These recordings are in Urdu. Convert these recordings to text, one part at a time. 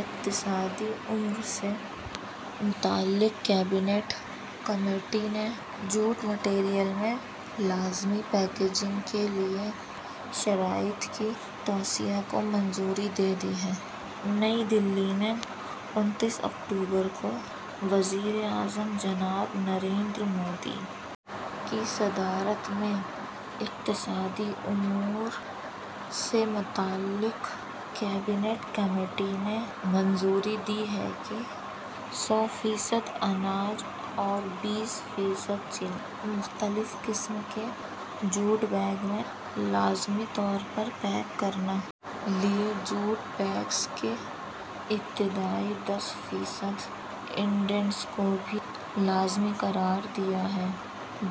اقتصادی امور سے متعلق کابینہ کمیٹی نے جوٹ میٹیریل میں لازمی پیکیجنگ کے لیے شرائط کی توسیع کو منظوری دے دی ہے نئی دہلی میں انتیس اکتوبر کو وزیر اعظم جناب نریندر مودی کی صدارت میں اقتصادی امور سے متعلق کابینہ کمیٹی نے منظوری دی ہے کہ سو فیصد اناج اور بیس فیصد چینی کو مختلف قسم کے جوٹ بیگس میں لازمی طور پر پیک کرنا لیے جوٹ بیگس کی ابتدائی دس فیصد انڈیںٹس کو بھی لازمی قرار دیا ہے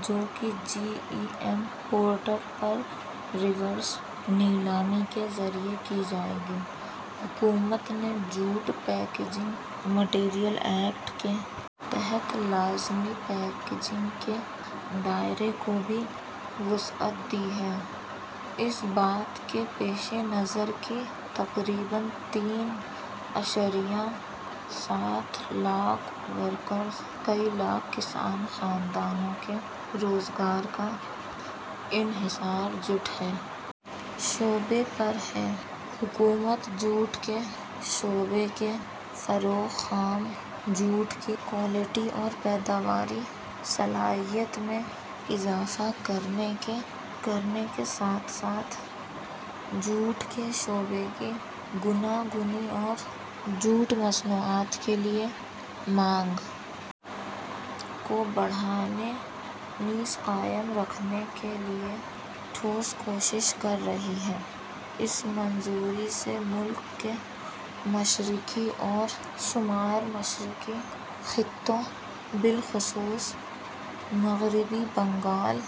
جو کہ جیم پورٹل پر ریورس نیلامی کے ذریعہ کی جائے گی حکومت نے جوٹ پیکیجنگ میٹیریل ایکٹ کے تحت لازمی پیکیجنگ کے دائرے کو بھی وسعت دی ہے اس بات کے پیش نظر کہ تقریباً تین اشاریہ سات لاکھ ورکرز اور کئی لاکھ کسان خاندانوں کے روزگار کا انحصار جوٹ کے شعبے پر ہے حکومت جوٹ کے شعبے کے فروغ خام جوٹ کی کوالٹی اور پیداواری صلاحیت میں اضافہ کرنے کے ساتھ ساتھ جوٹ کے شعبے کی گوناگونی اور جوٹ مصنوعات کے لیے مانگ کو بڑھانے نیز قائم رکھنے کے لیے ٹھوس کوششیں کر رہی ہے اس منظوری سے ملک کے مشرقی اور شمال مشرقی خطوں بالخصوص مغربی بنگال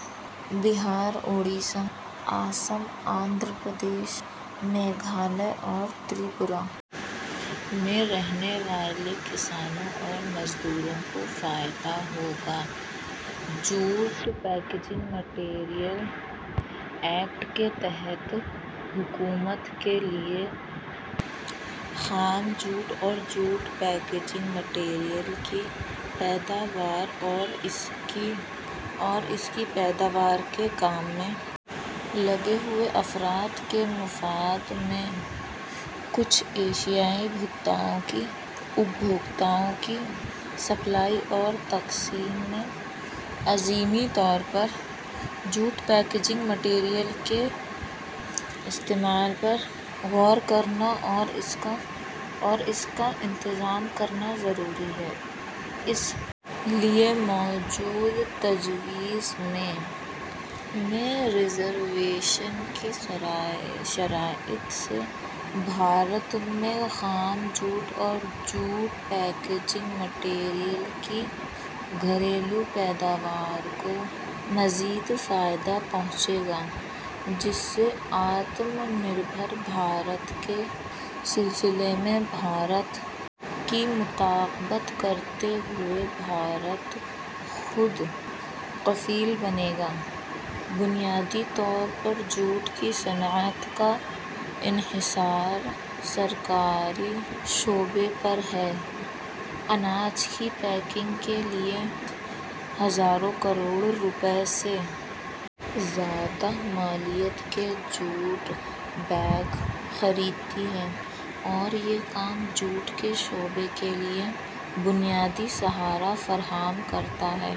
بہار اڈیشہ آسام آندھرا پردیش میگھالیہ اور تریپورہ میں رہنے والے کسانوں اور مزدوروں کو فائدہ ہوگا جوٹ پیکیجنگ میٹیریل ایکٹ کے تحت حکومت کے لیے خام جوٹ اور جوٹ پیکیجنگ میٹیریل کی پیداوار اور اس کی پیداوار کے کام میں لگے ہوئے افراد کے مفاد میں کچھ اشیائے صارفین کی سپلائی اور تقسیم میں لازمی طور پر جوٹ پیکیجنگ میٹیریل کے استعمال پر غور کرنا اور اس کا انتظام کرنا ضروری ہے اس لیے موجودہ تجویز میں ریزرویشن کی شرائط سے بھارت میں خام جوٹ اور جوٹ پیکیجنگ میٹیریل کی گھریلو پیداوار کو مزید فائدہ پہنچے گا جس سے آتم نربھر بھارت کے سلسلے میں بھارت کی مطابقت کرتے ہوئے بھارت خود کفیل بنے گا بنیادی طور پر جوٹ کی صنعت کا انحصار سرکاری شعبے پر ہے جو اناج کی پیکنگ کے لیے ہر سال ہزاروں کروڑ روپے سے زیادہ مالیت کے جوٹ بیگ خریدتی ہے اور یہ کام جوٹ کے شعبے کے لیے بنیادی سہارا فراہم کرتا ہے